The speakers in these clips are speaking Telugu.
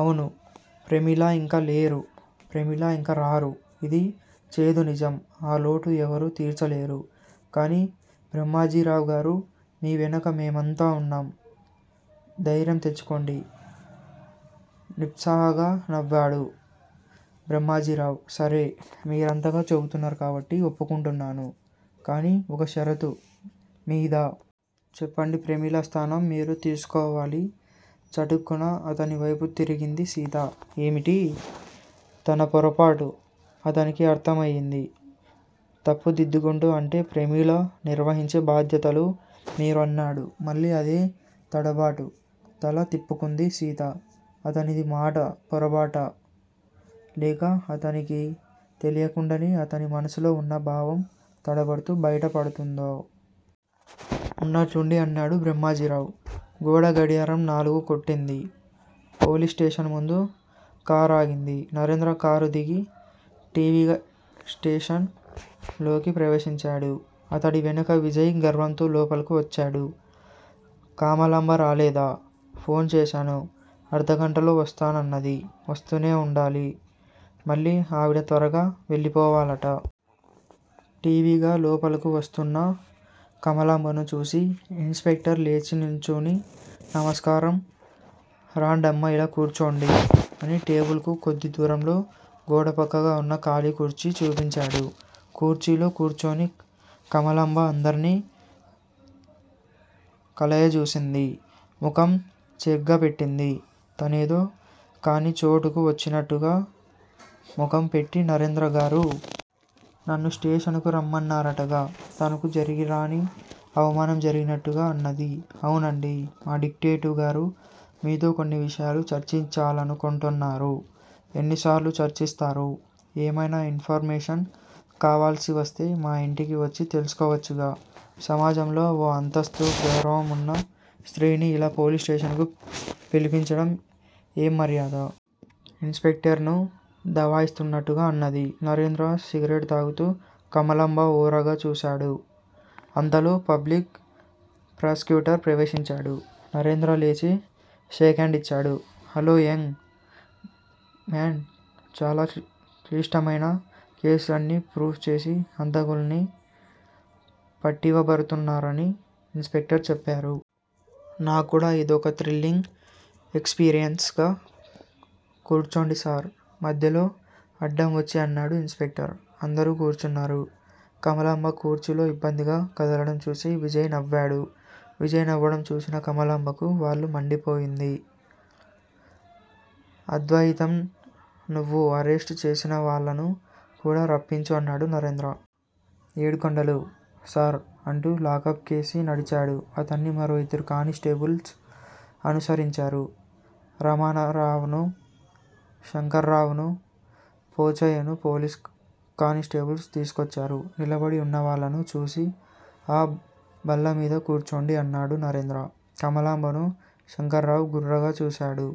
అవును? ప్రమీల ఇంక లేరు! ప్రమీల ఇంక రారు! ఇది చేదునిజం! ఆ లోటు ఎవరూ తీర్చలేరు! కానీ బ్రహ్మాజీరావుగారూ! మీ వెనక మేమంతా ఉన్నాం! ధైర్యం తెచ్చుకోండి! నిస్పృహగా నవ్వాడు బ్రహ్మాజీరావు. సరే! మీరంతగా చెబుతున్నారు కాబట్టి ఒప్పుకుంటున్నాను. కానీ ఒక షరతు మీద! చెప్పండి ప్రమీల స్థానం మీరు తీసుకోవాలి చటుక్కున అతనివైపు తిరిగింది సీత. ఏమిటి? తనపొరపాటు అతనికి అర్ధం అయింది. తప్పు దిద్దుకుంటూ అంటే, ప్రమీల నిర్వహించే బాధ్యతలు మీరు అన్నాడు మళ్ళీ అదే తడబాటు. తల తిప్పుకుంది సీత. అతనిది మాట పొరబాటా? లేక, అతనికి తెలియకుండానే అతని మనసులో ఉన్న భావం తడబడుతూ బయటపడుతోందా? ఉన్నట్లుండి అన్నాడు బ్రహ్మాజీరావు. గోడ గడియారం నాలుగు కొట్టింది, పోలీసు స్టేషన్ ముందు కారాగింది. నరేంద్ర కారుదిగి ఠీవిగా స్టేషన్ లోకి ప్రవేశించాడు. అతడి వెనకే విజయ్ గర్వంతో లోపలకు వచ్చాడు. కమలాంబ రాలేదా? ఫోన్ చేశాను. అర్థగంటలో వస్తానన్నది. వస్తూనే ఉండాలి. మళ్లీ ఆవిడ త్వరగా వెళ్ళిపోవాలట. ఠీవిగా లోపలకు వస్తున్నా కమలాంబను చూసి ఇన్స్ స్పెక్టర్ లేచినిల్చుని నమస్కారం రండమ్మా ఇలా కూర్చోండి. అని టేబుల్ కు కొద్ది దూరంలో గోడపక్కగా ఉన్న ఖాలీ కుర్చీ చూపించాడు. కుర్చీలో కూర్చుని కమలాంబ అందర్నీ కలయజూసింది. ముఖం చిరాగ్గా పెట్టింది. తనేదో కానిచోటుకు వచ్చినట్టుగా ముఖం పెట్టి నరేంద్రగారూ! నన్ను స్టేషన్ కు రమ్మన్నారటగా? తనకు జరగరాని అవమానం జరిగినట్టుగా అన్నది. అవునండీ! మా డిటెక్టివ్ గారు మీతో కొన్ని విషయాలు చర్చిచాలను కొంటున్నారు. ఎన్నిసార్లు చర్చిస్తారు? ఏమైనా ఇన్ ఫర్ మేషన్ కావాల్సివస్తే మా ఇంటికి వచ్చి తెలుసుకోవచ్చుగా? సమాజంలో ఓ అంతస్థూ, గౌరవం ఉన్న స్త్రీని ఇలా పోలీసు స్టేషన్ కు పిలిపించడం ఏంమర్యాద? ఇన్స్ స్పెక్టర్ ను దవాయిస్తున్నట్టుగా అన్నది. నరేంద్ర సిగరెట్ తాగుతూ కమలాంబ ఓరగా చూశాడు. అంతలో పబ్లిక్ ప్రాసిక్యూటర్ ప్రవేశించాడు. నరేంద్ర లేచి షేక్ హాండ్ ఇచ్చాడు, హల్లో యంగ్ మాన్ చాలా క్లిష్టమైన కేసుల్ని ప్రూవ్ చేసి హంతకుల్ని పట్టివ్వబోతున్నారని ఇన్స్ స్పెక్టర్ చెప్పారు. నాక్కూడా ఇదొక థ్రిల్లింగ్ ఎక్స్ పీరియన్స్ గా కూర్చొండి సార్! మధ్యలో అడ్డంవచ్చి అన్నాడు ఇన్స్ స్పెక్టర్. అందరూ కూర్చున్నారు. కమలాంబ కుర్చీలో ఇబ్బందిగా కదలడం చూసి విజయ్ నవ్వాడు. విజయ్ నవ్వడం చూసిన కమలాంబకు వళ్ళు మండిపోయింది. అద్వయితం నువ్వు అరెస్టు చేసినవాళ్ళను కూడా రప్పించు అన్నాడు నరేంద్ర. ఏడుకొండలూ! సార్ అంటూ లాకప్ కేసి నడిచాడు. అతడ్ని మరో ఇద్దరు కాని స్టేబుల్స్ అనుసరించారు. రమణారావునూ, శంకర్రావూనూ, పోచయ్యను పోలీసు కానిస్టేబుల్స్ తీసుకొచ్చారు. నిలబడి ఉన్నవాళ్ళను చూసి ఆ బల్లమీద కూర్చొండి అన్నాడు నరేంద్ర. కమలాంబను శంకర్రావు గుర్రుగా చూశాడు.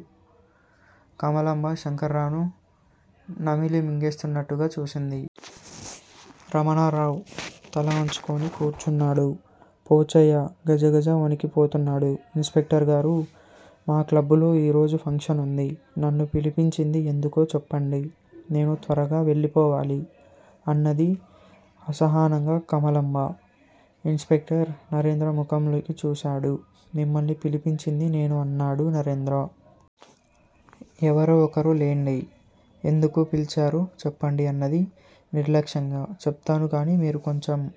కమలాంబ శంకర్రావును నమిలి మింగేస్తాన్నట్టుగా చూసింది. రమణారావు తలవంచుకొని కూర్చున్నాడు. పోచయ్య గజగజ వణికిపోతున్నాడు. ఇన్స్ స్పెక్టర్ గారూ! మా క్లబ్బులో ఈరోజు ఫంక్షన్ ఉంది. నన్ను పిలిపించింది ఎందుకో చెప్పండి. నేను త్వరగా వెళ్ళిపోవాలి. అన్నది అసహనంగా కమలాంబ. ఇన్స్ స్పెక్టర్ నరేంద్ర ముఖంలోకి చూశాడు. మిమ్మల్ని పిలిపించింది నేను అన్నాడు నరేంద్ర. ఎవరో ఒకరు లెండి. ఎందుకు పిలిపించారో చెప్పండి అన్నది నిర్లక్ష్యంగా. చెప్తాను కాని మీరు కొంచెం